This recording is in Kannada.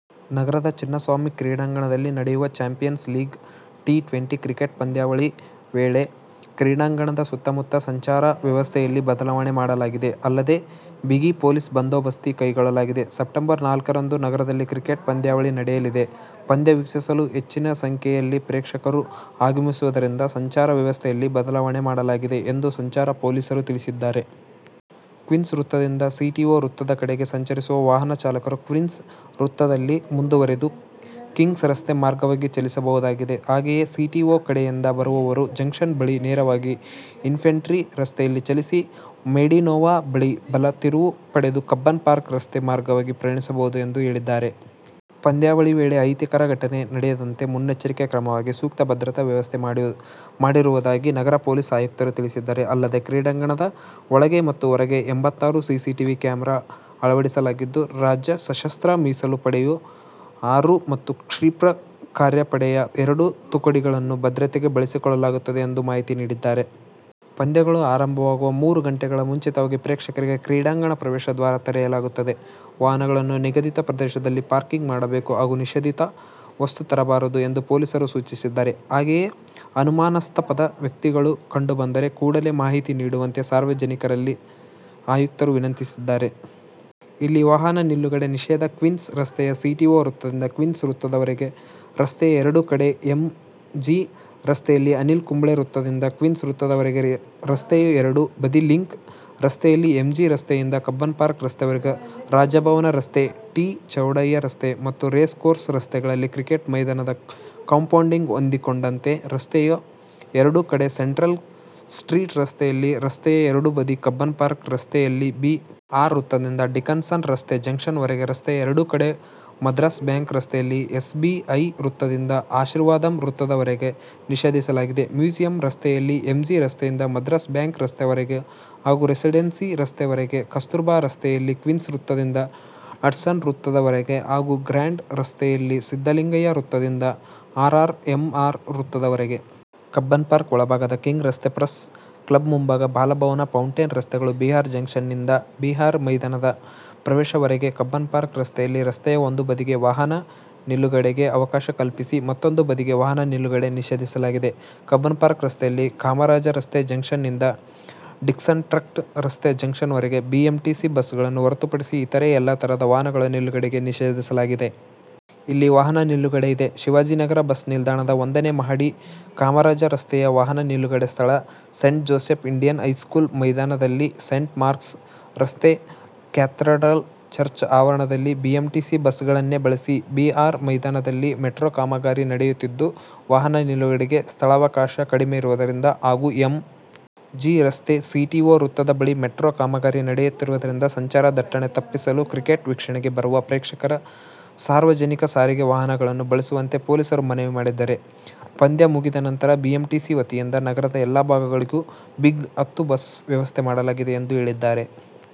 ನಗರದ ಚಿನ್ನಸ್ವಾಮಿ ಕ್ರೀಡಾಂಗಣದಲ್ಲಿ ನಡೆಯುವ 'ಚಾಂಪಿಯನ್ಸ್ ಲೀಗ್ ಟಿ-ಟ್ವೆಂಟಿ' ಕ್ರಿಕೆಟ್ ಪಂದ್ಯಾವಳಿ ವೇಳೆ ಕ್ರೀಡಾಂಗಣದ ಸುತ್ತಮುತ್ತ ಸಂಚಾರ ವ್ಯವಸ್ಥೆಯಲ್ಲಿ ಬದಲಾವಣೆ ಮಾಡಲಾಗಿದೆ. ಅಲ್ಲದೆ ಬಿಗಿ ಪೊಲೀಸ್ ಬಂದೋಬಸ್ತ್ ಕೈಗೊಳ್ಳಲಾಗಿದೆ. ಸೆಪ್ಟೆಂಬರ್ ನಾಲ್ಕರಂದು ನಗರದಲ್ಲಿ ಕ್ರಿಕೆಟ್ ಪಂದ್ಯಾವಳಿ ನಡೆಯಲಿದೆ. ಪಂದ್ಯ ವೀಕ್ಷಿಸಲು ಹೆಚ್ಚಿನ ಸಂಖ್ಯೆಯಲ್ಲಿ ಪ್ರೇಕ್ಷಕರು ಆಗಮಿಸುವುದರಿಂದ ಸಂಚಾರ ವ್ಯವಸ್ಥೆಯಲ್ಲಿ ಬದಲಾವಣೆ ಮಾಡಲಾಗಿದೆ ಎಂದು ಸಂಚಾರ ಪೊಲೀಸರು ತಿಳಿಸಿದ್ದಾರೆ. ಕ್ವೀನ್ಸ್ ವೃತ್ತದಿಂದ ಸಿಟಿಓ ವೃತ್ತದ ಕಡೆಗೆ ಸಂಚರಿಸುವ ವಾಹನ ಚಾಲಕರು ಕ್ವೀನ್ಸ್ ವೃತ್ತದಲ್ಲಿ ಮುಂದುವರಿದು, ಕಿಂಗ್ಸ್ ರಸ್ತೆ ಮಾರ್ಗವಾಗಿ ಚಲಿಸಬಹುದಾಗಿದೆ. ಹಾಗೆಯೇ ಸಿಟಿಓ ಕಡೆಯಿಂದ ಬರುವವರು ಜಂಕ್ಷನ್ ಬಳಿ ನೇರವಾಗಿ ಇನ್ಫೆಂಟ್ರಿ ರಸ್ತೆಯಲ್ಲಿ ಚಲಿಸಿ, ಮೆಡಿನೋವಾ ಬಳಿ ಬಲ ತಿರುವು ಪಡೆದು ಕಬ್ಬನ್ ಪಾರ್ಕ್ ರಸ್ತೆ ಮಾರ್ಗವಾಗಿ ಪ್ರಯಾಣಿಸಬಹುದು ಎಂದು ಹೇಳಿದ್ದಾರೆ. ಪಂದ್ಯಾವಳಿ ವೇಳೆ ಅಹಿತಕರ ಘಟನೆ ನಡೆಯದಂತೆ ಮುನ್ನೆಚ್ಚರಿಕೆ ಕ್ರಮವಾಗಿ ಸೂಕ್ತ ಭದ್ರತಾ ವ್ಯವಸ್ಥೆ ಮಾಡಿರುವುದಾಗಿ ನಗರ ಪೊಲೀಸ್ ಆಯುಕ್ತರು ತಿಳಿಸಿದ್ದಾರೆ. ಅಲ್ಲದೆ ಕ್ರೀಡಾಂಗಣದ ಒಳಗೆ ಮತ್ತು ಹೊರಗೆ ಎಂಭತ್ತಾರು ಸಿಸಿಟೀವಿ ಕ್ಯಾಮೆರಾ ಅಳವಡಿಸಲಾಗಿದ್ದು, ರಾಜ್ಯ ಸಶಸ್ತ್ರ ಮೀಸಲು ಪಡೆಯ ಆರು ಮತ್ತು ಕ್ಷಿಪ್ರ ಕಾರ್ಯಪಡೆಯ ಎರಡು ತುಕಡಿಗಳನ್ನು ಭದ್ರತೆಗೆ ಬಳಸಿಕೊಳ್ಳಲಾಗುತ್ತದೆ ಎಂದು ಮಾಹಿತಿ ನೀಡಿದ್ದಾರೆ. ಪಂದ್ಯಗಳು ಆರಂಭವಾಗುವ ಮೂರು ಗಂಟೆ ಮುಂಚಿತವಾಗಿ ಪ್ರೇಕ್ಷಕರಿಗೆ ಕ್ರೀಡಾಂಗಣ ಪ್ರವೇಶ ದ್ವಾರ ತೆರೆಯಲಾಗುತ್ತದೆ. ವಾಹನಗಳನ್ನು ನಿಗದಿತ ಪ್ರದೇಶದಲ್ಲಿ ಪಾರ್ಕಿಂಗ್ ಮಾಡಬೇಕು ಹಾಗೂ ನಿಷೇಧಿತ ವಸ್ತು ತರಬಾರದು ಎಂದು ಪೊಲೀಸರು ಸೂಚಿಸಿದ್ದಾರೆ. ಹಾಗೆಯೇ ಅನುಮಾನಾಸ್ಪದ ವ್ಯಕ್ತಿಗಳು ಕಂಡು ಬಂದರೆ ಕೂಡಲೇ ಮಾಹಿತಿ ನೀಡುವಂತೆ ಸಾರ್ವನಿಕರಲ್ಲಿ ಆಯುಕ್ತರು ವಿನಂತಿಸಿದ್ದಾರೆ. ಇಲ್ಲಿ ವಾಹನ ನಿಲುಗಡೆ ನಿಷೇಧ ಕ್ವೀನ್ಸ್ ರಸ್ತೆಯಲ್ಲಿ ಸಿಟಿಓ ವೃತ್ತದಿಂದ ಕ್ವೀನ್ಸ್ ವೃತ್ತದವರೆಗೆ ರಸ್ತೆಯ ಎರಡು ಕಡೆ-ಎಂ. ಜಿ ರಸ್ತೆಯಲ್ಲಿ ಅನಿಲ್ ಕುಂಬ್ಳೆ ವೃತ್ತದಿಂದ ಕ್ವೀನ್ಸ್ ವೃತ್ತದವರೆಗೆ ರಸ್ತೆಯ ಎರಡು ಬದಿ-ಲಿಂಕ್ ರಸ್ತೆಯಲ್ಲಿ ಎಂ. ಜಿ ರಸ್ತೆಯಿಂದ ಕಬ್ಬನ್ ಪಾರ್ಕ್ ರಸ್ತೆವರೆಗೆ-ರಾಜಭವನ ರಸ್ತೆ, ಟಿ. ಚೌಡಯ್ಯ ರಸ್ತೆ ಮತ್ತು ರೇಸ್ ಕೋರ್ಸ್ ರಸ್ತೆಗಳಲ್ಲಿ ಕ್ರಿಕೆಟ್ ಮೈದಾನದ ಕಾಂಪೌಂಡಿಗೆ ಹೊಂದಿಕೊಂಡಂತೆ ರಸ್ತೆಯ ಎರಡು ಕಡೆ-ಸೆಂಟ್ರಲ್ ಸ್ಟ್ರೀಟ್ ರಸ್ತೆಯಲ್ಲಿ ರಸ್ತೆಯ ಎರಡು ಬದಿ ಕಬ್ಬನ್ ಪಾರ್ಕ್ ರಸ್ತೆಯಲ್ಲಿ ಬಿ. ಆರ್. ವೃತ್ತದಿಂದ ಡಿಕನ್ಸನ ರಸ್ತೆ ಜಂಕ್ಷನ್ವರೆಗೆ ರಸ್ತೆಯ ಎರಡೂ ಕಡೆ ಮದ್ರಾಸ್ ಬ್ಯಾಂಕ್ ರಸ್ತೆಯಲ್ಲಿ ಎಸ್. ಬಿ. ಐ ವೃತ್ತದಿಂದ ಆಶೀರ್ವಾದಂ ವೃತ್ತದ ವರೆಗೆ ನಿಷೇಧಿಸಲಾಗಿದೆ. ಮ್ಯೂಸಿಯಂ ರಸ್ತೆಯಲ್ಲಿ ಎಂ. ಜಿ ರಸ್ತೆಯಿಂದ ಮದ್ರಾಸ್ ಬ್ಯಾಂಕ್ ರಸ್ತೆ ವರೆಗೆ ಹಾಗೂ ರೆಸಿಡೆನ್ಸಿ ರಸ್ತೆವರೆಗೆ, ಕಸ್ತೂರಬಾ ರಸ್ತೆಯಲ್ಲಿ ಕ್ವೀನ್ಸ್ ವೃತ್ತದಿಂದ ಹಡ್ಸನ್ ವೃತ್ತದ ವರೆಗೆ ಹಾಗೂ ಗ್ರ್ಯಾಂಡ್ ರಸ್ತೆಯಲ್ಲಿ ಸಿದ್ದಲಿಂಗಯ್ಯ ವೃತ್ತದಿಂದ ಅರ್ ಆರ್ ಎಂ ಆರ್ ವೃತ್ತದವರೆಗೆ. ಕಬ್ಬನ್ಪಾರ್ಕ್ ಒಳಭಾಗದ ಕಿಂಗ್ ರಸ್ತೆ, ಪ್ರಸ್ ಕ್ಲಬ್ ಮುಂಭಾಗ, ಬಾಲಭವನ ಪೌಂಟೇನ್ ರಸ್ತೆಗಳು-ಬಿ. ಆರ್. ಜಂಕ್ಷನ್ನಿಂದ, ಬಿ. ಆರ್. ಮೈದಾನದ ಪ್ರವೇಶವರೆಗೆ ಕಬ್ಬನ್ ಪಾರ್ಕ್ ರಸ್ತೆಯಲ್ಲಿ ರಸ್ತೆಯ ಒಂದು ಬದಿಗೆ ವಾಹನ ನಿಲುಗಡೆಗೆ ಅವಕಾಶ ಕಲ್ಪಿಸಿ ಮತ್ತೂಂದು ಬದಿಗೆ ವಾಹನ ನಿಲುಗಡೆ ನಿಷೇಧಿಸಲಾಗಿದೆ. ಕಬ್ಬನ್ ಪಾರ್ಕ್ ರಸ್ತೆಯಲ್ಲಿ ಕಾಮರಾಜರಸ್ತೆ ಜಂಕ್ಷನ್ನಿಂದ ಡಿಕನ್ಸ್ಟ್ರಕ್ಟ್ ರಸ್ತೆ ಜಂಕ್ಷನ್ವರೆಗೆ ಬಿಎಂಟಿಸಿ ಬಸ್ಗಳನ್ನು ಹೊರತುಪಡಿಸಿ ಇತರೆ ಎಲ್ಲಾ ತರಹದ ವಾಹನಗಳ ನಿಲುಗಡೆ ನಿಷೇಧಿಸಲಾಗಿದೆ. ಇಲ್ಲಿ ವಾಹನ ನಿಲುಗಡೆ ಇದೆ, ಶಿವಾಜಿನಗರ ಬಸ್ ನಿಲ್ದಾಣದ ಒಂದನೇ ಮಹಡಿ ಕಾಮರಾಜರಸ್ತೆಯ ವಾಹನ ನಿಲುಗಡೆ ಸ್ಥಳ ಸೇಂಟ್ ಜೋಸೆಫ್ ಇಂಡಿಯನ್ ಹೈಸ್ಕೂಲ್ ಮೈದಾನದಲ್ಲಿ ಸೇಂಟ್ ಮಾರ್ಕ್ಸ್ ರಸ್ತೆ ಕ್ಯಾಥಡ್ರಲ್ ಚರ್ಚ್ ಆವರಣದಲ್ಲಿ ಬಿಎಂಟಿಸಿ ಬಸ್ಗಳನ್ನೇ ಬಳಸಿ ಬಿ. ಆರ್. ಮೈದಾನದಲ್ಲಿ ಮೆಟ್ರೋ ಕಾಮಗಾರಿ ನಡೆಯುತ್ತಿದ್ದು, ವಾಹನ ನಿಲುಗಡೆಗೆ ಸ್ಥಳಾವಕಾಶ ಕಡಿಮೆ ಇರುವುದರಿಂದ ಹಾಗೂ ಎಂ. ಜಿ. ರಸ್ತೆ ಸಿಟಿಓ ವೃತ್ತದ ಬಳಿ ಮೆಟ್ರೋ ಕಾಮಗಾರಿ ನಡೆಯುತ್ತಿರುವುದರಿಂದ ಸಂಚಾರ ದಟ್ಟಣೆ ತಪ್ಪಿಸಲು ಕ್ರಿಕೆಟ್ ವೀಕ್ಷಣೆಗೆ ಬರುವ ಪ್ರೇಕ್ಷಕರು ಸಾರ್ವಜನಿಕ ಸಾರಿಗೆ ವಾಹನಗಳನ್ನು ಬಳಸುವಂತೆ ಪೊಲೀಸರು ಮನವಿ ಮಾಡಿದ್ದಾರೆ. ಪಂದ್ಯ ಮುಗಿದ ನಂತರ ಬಿಎಂಟಿಸಿ ವತಿಯಿಂದ ನಗರದ ಎಲ್ಲಾ ಭಾಗಗಳಿಗೂ ಬಿಗ್-ಹತ್ತು ಬಸ್ ವ್ಯವಸ್ಥೆ ಮಾಡಲಾಗಿದೆ ಎಂದು ಹೇಳಿದ್ದಾರೆ.